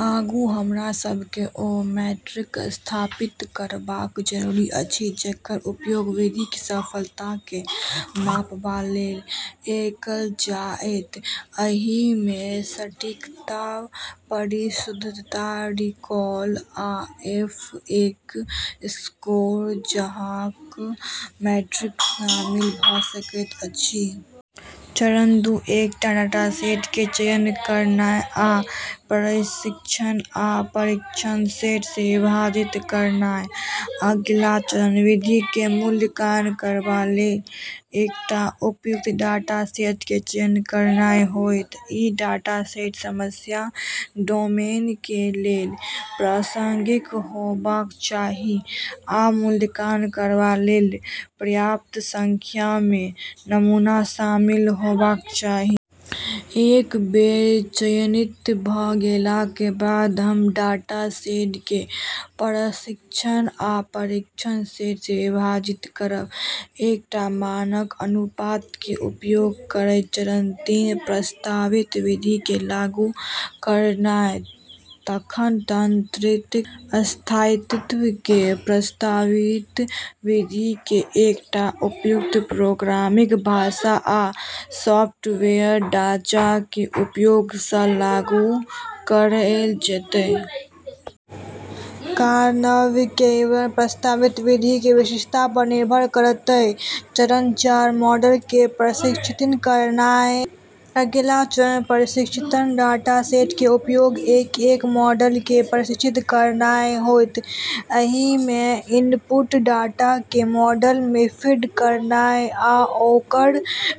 आगू हमरा सब के ओ मीट्रिक स्थापित करबाक जरूरत अछि जेकर उपयोग विधि के सफलता के मापबा लेल कएल जाएत। एहि मे सटीकता, परिशुद्धता, रिकॉल, आ एफ एक स्कोर जकां मीट्रिक शामिल भ सकैत अछि। चरण दू एकटा डाटासेट के चयन करनाय आ प्रशिक्षण आ परीक्षण सेट मे विभाजित करनाय। अगिला चरण विधि के मूल्यांकन करबा लेल एकटा उपयुक्त डाटासेट के चयन करनाय होयत। ई डाटासेट समस्या डोमेन के लेल प्रासंगिक होबाक चाही आ मूल्यांकन करबा लेल पर्याप्त संख्या मे नमूना शामिल होबाक चाही। एक बेर चयनित भ गेलाक बाद, हम डाटासेट के प्रशिक्षण आ परीक्षण सेट मे विभाजित करब, एकटा मानक अनुपात के उपयोग करय। चरण तीन प्रस्तावित विधि के लागू करनाय। तखन तंत्रिका स्थायित्व के प्रस्तावित विधि के एकटा उपयुक्त प्रोग्रामिंग भाषा आ सॉफ्टवेयर ढाँचा के उपयोग सँ लागू कएल जेतय। कार्यान्वयन के विवरण प्रस्तावित विधि के विशिष्टता पर निर्भर करतय। चरण चार मॉडल के प्रशिक्षित करनाय। अगिला चरण प्रशिक्षण डाटासेट के उपयोग कए कए मॉडल के प्रशिक्षित करनाय होयत। एहि मे इनपुट डाटा के मॉडल मे फीड करनाय आ ओकर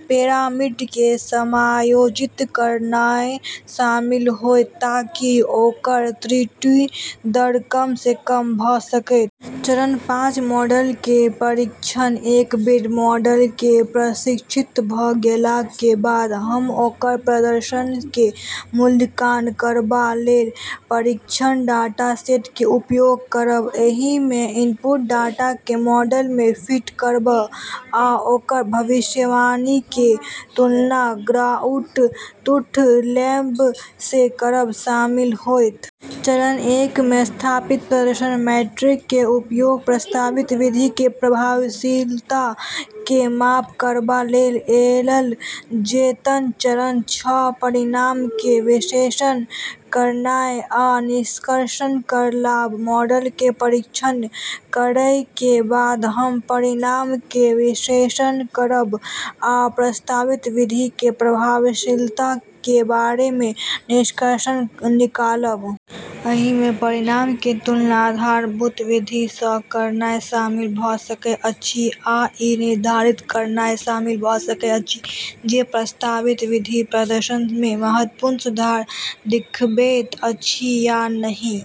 पैरामीटर के समायोजित करनाय शामिल होयत ताकि ओकर त्रुटि दर कम सँ कम भ सकय। चरण पाँच मॉडल के परीक्षण। एक बेर मॉडल के प्रशिक्षित भ गेलाक के बाद, हम ओकर प्रदर्शन के मूल्यांकन करबा लेल परीक्षण डाटासेट के उपयोग करब। एहि मे इनपुट डाटा के मॉडल मे फीड करब आ ओकर भविष्यवाणी के तुलना ग्राउंड ट्रूथ लेबल सँ करब शामिल होएत। चरण एक मे स्थापित प्रदर्शन मीट्रिक के उपयोग प्रस्तावित विधि के प्रभावशीलता के माप करबा लेल कएल जेतय। चरण छह परिणाम के विश्लेषण करनाय आ निष्कर्ष निकालब। मॉडल के परीक्षण करय के बाद हम परिणाम के विश्लेषण करब आ प्रस्तावित विधि के प्रभावशीलता के बारे मे निष्कर्ष निकालब। अइ मे परिणाम के तुलना आधारभूत विधि सँ करनाय शामिल भ सकय अछि, आ ई निर्धारित करनाय शामिल भ सकय अछि जे प्रस्तावित विधि प्रदर्शन मे महत्वपूर्ण सुधार दिखबैत अछि या नहि।